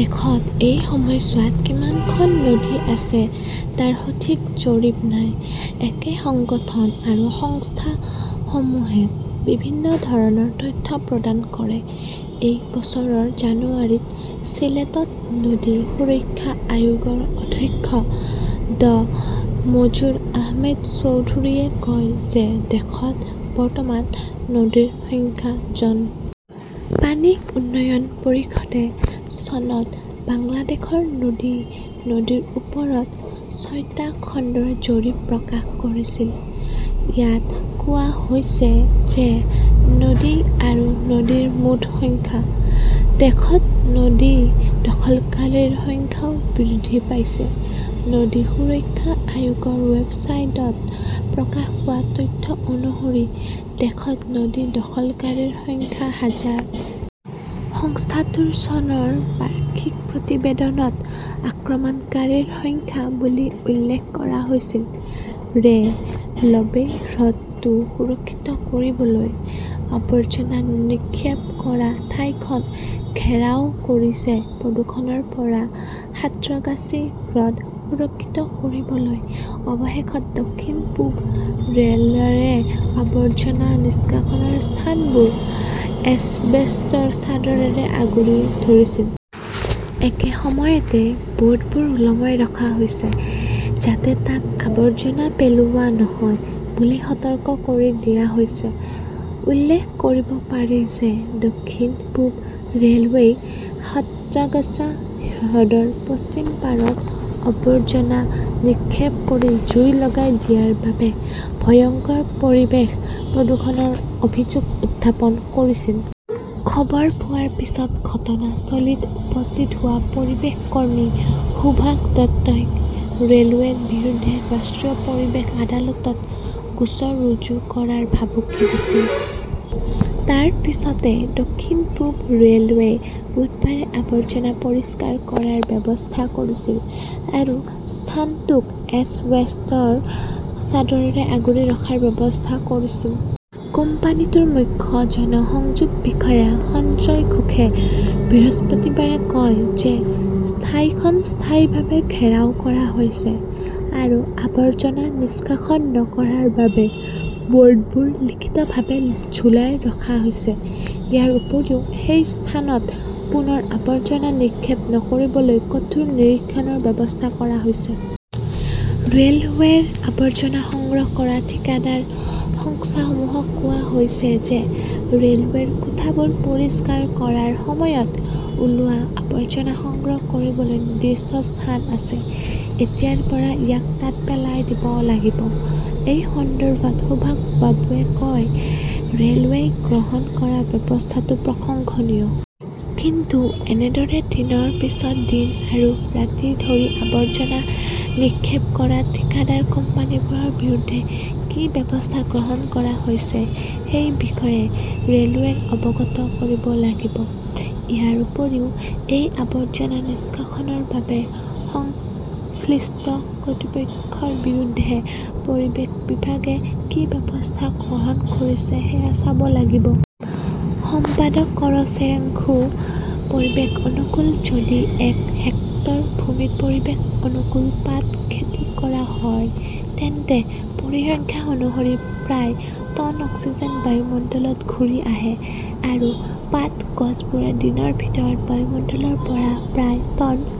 দেশত এই সময়ছোৱাত কিমানখন নদী আছে তাৰ সঠিক জৰীপ নাই। একে সংগঠন আৰু সংস্থাসমূহে বিভিন্ন ধৰণৰ তথ্য প্ৰদান কৰে। এই বছৰৰ জানুৱাৰীত চিলেটত নদী সুৰক্ষা আয়োগৰ অধ্যক্ষ ড মঞ্জুৰ আহমেদ চৌধুৰীয়ে কয় যে দেশত বৰ্তমান নদীৰ সংখ্যা জন। পানী উন্নয়ন পৰিষদে চনত বাংলাদেশৰ নদী-নদীৰ ওপৰত ছয়টা খণ্ডৰ জৰীপ প্ৰকাশ কৰিছিল। ইয়াত কোৱা হৈছে যে নদী আৰু নদীৰ মুঠ সংখ্যা। দেশত নদী দখলকাৰীৰ সংখ্যাও বৃদ্ধি পাইছে। নদী সুৰক্ষা আয়োগৰ ৱেবছাইটত প্ৰকাশ পোৱা তথ্য অনুসৰি দেশত নদী দখলকাৰীৰ সংখ্যা হাজাৰ। সংস্থাটোৰ চনৰ বাৰ্ষিক প্ৰতিবেদনত আক্ৰমণকাৰীৰ সংখ্যা বুলি উল্লেখ কৰা হৈছিল। ৰে "লৱেই হ্ৰদটো সুৰক্ষিত কৰিবলৈ আৱৰ্জনা নিক্ষেপ কৰা ঠাইখন ঘেৰাও কৰিছে প্ৰদূষণৰ পৰা সাঁত্ৰাগাছী হ্ৰদ সুৰক্ষিত কৰিবলৈ অৱশেষত দক্ষিণ-পূব ৰে 'লৱে আবৰ্জনা নিষ্কাশনৰ স্থানবোৰ এছবেষ্টৰ চাদৰেৰে আগুৰি ধৰিছিল। একে সময়তে, ব "ৰ্ডবোৰ ওলমাই ৰখা হৈছে, যাতে তাত আৱৰ্জনা পেলোৱা নহয় বুলি সতৰ্ক কৰি দিয়া হৈছে। উল্লেখ কৰিব পাৰি যে দক্ষিণ-পূব ৰে 'লৱেই সাঁত্ৰাগাছী হ্ৰদৰ পশ্চিম পাৰত আৱৰ্জনা নিক্ষেপ কৰি জুই লগাই দিয়াৰ বাবে ভয়ংকৰ পৰিৱেশ প্ৰদূষণৰ অভিযোগ উত্থাপন কৰিছিল। খবৰ পোৱাৰ পিছত ঘটনাস্থলীত উপস্থিত হোৱা পৰিৱেশ কৰ্মী সুভাষ দত্তই ৰে "লৱেৰ বিৰুদ্ধে ৰাষ্ট্ৰীয় পৰিৱেশ আদালতত গোচৰ ৰুজু কৰাৰ ভাবুকি দিছিল। তাৰ পিছতে দক্ষিণ-পূব ৰে 'লৱে বুধবাৰে আৱৰ্জনা পৰিষ্কাৰ কৰাৰ ব্যৱস্থা কৰিছিল আৰু স্থানটোক এছবেষ্টৰ চাদৰেৰে আগুৰি ৰখাৰ ব্যৱস্থা কৰিছিল। কোম্পানীটোৰ মুখ্য জনসংযোগ বিষয়া সঞ্জয় ঘোষে বৃহস্পতিবাৰে কয় যে ঠাইখন স্থায়ীভাৱে ঘেৰাও কৰা হৈছে আৰু আৱৰ্জনা নিষ্কাশন নকৰাৰ বাবে বোৰ্ডবোৰ লিখিতভাৱে ঝুলাই ৰখা হৈছে। ইয়াৰ উপৰিও, সেই স্থানত পুনৰ আৱৰ্জনা নিক্ষেপ নকৰিবলৈ কঠোৰ নিৰীক্ষণৰ ব্যৱস্থা কৰা হৈছে। "ৰে" লৱেৰ আৱৰ্জনা সংগ্ৰহ কৰা ঠিকাদাৰ সংস্থাসমূহক কোৱা হৈছে যে ৰে "লৱেৰ কোঠাবোৰ পৰিষ্কাৰ কৰাৰ সময়ত ওলোৱা আৱৰ্জনা সংগ্ৰহ কৰিবলৈ নিৰ্দিষ্ট স্থান আছে। এতিয়াৰ পৰা ইয়াক তাত পেলাই দিব লাগিব। "এই সন্দৰ্ভত সুভাষ বাবুৱে কয়", ৰে "লৱেই গ্ৰহণ কৰা ব্যৱস্থাটো প্ৰশংসনীয়। কিন্তু এনেদৰে দিনৰ পিছত দিন আৰু দিন ধৰি আৱৰ্জনা নিক্ষেপ কৰা ঠিকাদাৰ কোম্পানীবোৰৰ বিৰুদ্ধে কি ব্যৱস্থা গ্ৰহণ কৰা হৈছে সেই বিষয়ে ৰে "লৱেই অৱগত কৰিব লাগিব। ইয়াৰ উপৰিও, এই আৱৰ্জনা নিষ্কাশনৰ বাবে সংশ্লিষ্ট কৰ্তৃপক্ষৰ বিৰুদ্ধে পৰিৱেশ বিভাগে কি ব্যৱস্থা গ্ৰহণ কৰিছে সেয়া চাব লাগিব। "। সম্পাদক কৰচেশুঃ পৰিৱেশ-অনুকূল যদি এক হেক্টৰ ভূমিত পৰিৱেশ-অনুকূল পাট খেতি কৰা হয়, তেন্তে পৰিসংখ্যা অনুসৰি প্ৰায় টন অক্সিজেন বায়ুমণ্ডলত ঘূৰি আহে, আৰু পাট গছবোৰে দিনৰ ভিতৰত বায়ুমণ্ডলৰ পৰা প্ৰায় টন